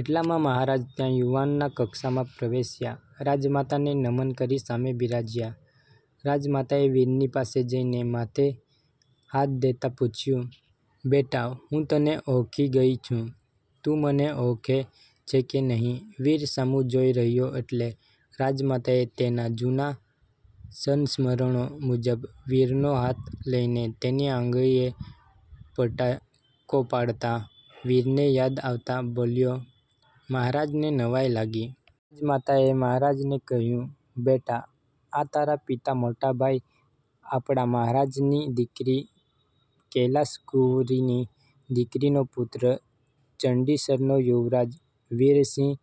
એટલામાં મહારાજ ત્યાં યુવાનના કક્ષમાં પ્રવેશ્યાં. રાજમાતાને નમન કરી સામે બિરાજ્યાં. રાજમાતાએ વીરની પાસે જઈને માથે હાથ દેતા પૂછ્યું,"બેટા હું તને ઓળખી ગઈ છું, તું મને ઓળખે છે કે નહીં?" વીર સામું જોઈ રહયો એટલે રાજમાતાએ તેનાં જુના સંસ્મરણો મુજબ વીરનો હાથ લઇને તેની આંગળીએ પટાકો પાડતાં વીરને યાદ આવતાં બોલ્યો, મહારાજને નવાઈ લાગી. રાજમાતાએ મહારાજને કહ્યું,"બેટા આ તારા પિતાનાં મોટાભાઈ આપડા મહારાજાની દિકરી કૈલાસકુંવરીની દીકરીનો પૂત્ર ચંડીસરનો યુવરાજ વીરસિંહ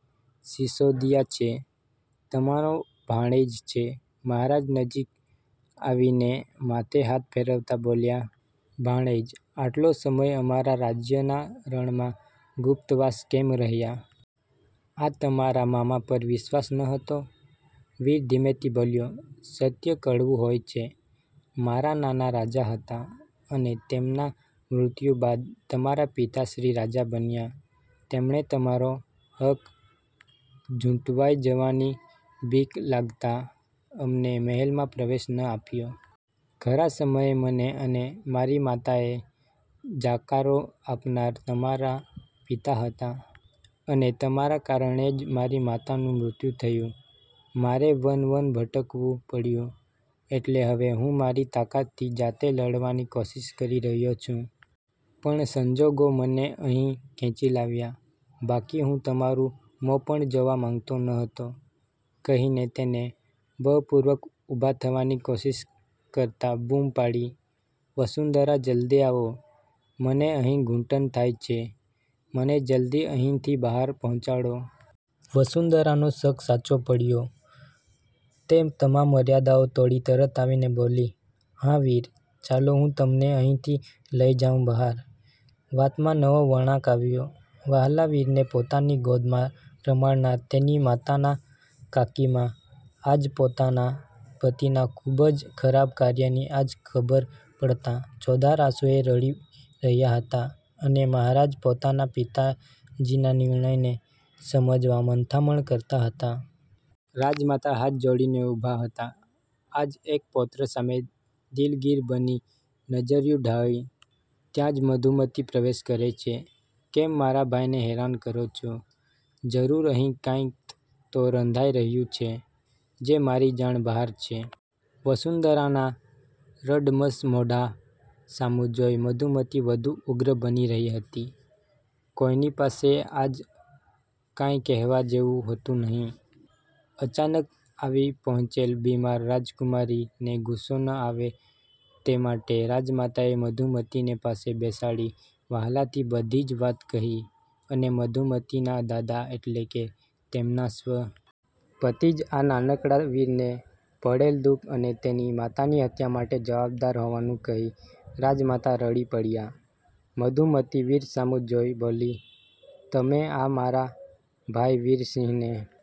સીસોદીયા છે. તમારો ભાણેજ છે." મહારાજ નજીક આવીને માથે હાથ ફેરવતાં બોલ્યાં,"ભાણેજ આટલો સમય અમારા રાજ્યના રણમાં ગુપ્તવાસ કેમ રહ્યાં? આ તમારાં મામા પર વિશ્વાસ ન હતો?" વીર ધીમેથી બોલ્યો,"સત્ય કડવું હોય છે. મારાં નાનાં રાજા હતાં, અને તેમનાં મૃત્યુ બાદ તમારાં પિતાશ્રી રાજા બન્યાં. તેમણે તમારો હક ઝુંટવાઈ જવાની બીક લાગતાં અમને મહેલમાં પ્રવેશ ન આપ્યો. ખરાં સમયે મને અને મારી માતાને જાકારો આપનાર તમારાં પિતા હતાં, અને તમારાં કારણે જ મારી માતાનું મૃત્યુ થયું, મારે વન-વન ભટકવું પડ્યું. એટલે હવે હું મારી તાકતથી જાતે લડવાની કોશિશ કરી રહયો છું. પણ સંજોગો મને અહીં ખેંચી લાવ્યાં. બાકી હું તમારુ મો પણ જોવા માંગતો ન હતો." કહીને તેને બળપૂર્વક ઊભાં થવાની કોશિશ કરતાં બૂમ પાડી,"વસુંધરા જલ્દી આવો, મને અહીં ઘુટન થાય છે. મને જલ્દી અહીંથી બહાર પહોંચાડો." વસુંધરાનો શક સાચો પડ્યો તે તમામ મર્યાદા તોડી તરત આવીને બોલી,"હાં વીર ચાલો હું તમને અહીંથી લઈ જાવ બહાર." વાતમાં નવો વણાંક આવ્યો, વ્હાલા વીરને પોતાની ગોદમાં રમાડનાર તેની માતાનાં કાકીમા આજ પોતાનાં પતિનાં ખુબ જ ખરાબ કાર્યની આજ ખબર પડતાં ચોધાર આંસુએ રડી રહ્યાં હતાં, અને મહારાજ પોતાનાં પિતાજીના નિર્ણયને સમજવા મથામણ કરતાં હતાં. રાજમાતા હાથ જોડીને ઊભાં હતાં આજ એક પૌત્ર સામે દિલગીર બની નજર્યું ઢાળી. ત્યાં જ મધુમતી પ્રવેશ કરે છે,"કેમ મારા ભાઈને હેરાન કરો છો? જરૂર અહીં કાંઈક તો રંધાઈ રહ્યુ છે, જે મારી જાણ બહાર છે." વસુંધરાના રડમશ મોઢા સામું જોઈ મધુમતી વઘુ ઉગ્ર બની રહી હતી. કોઈની પાસે આજ કાંઈ કહેવા જેવું હતું નહીં. અચાનક આવી પહોંચેલ બીમાર રાજકુમારીને ગુસ્સો ન આવે તે માટે રાજમાતાએ મધુમતીને પાસે બેસાડી વ્હાલથી બધી વાત કહી અને મધુમતીનાં દાદા એટલે કે તેમનાં સ્વ. પતિ જ આ નાનકડાં વીરને પડેલ દુખ અને તેની માતાની હત્યા માટે જવાબદાર હોવાનું કહી રાજમાતા રડી પડ્યાં. મધુમતી વીર સામું જોઈ બોલી,"તમે આ મારા ભાઈ વીરસિંહને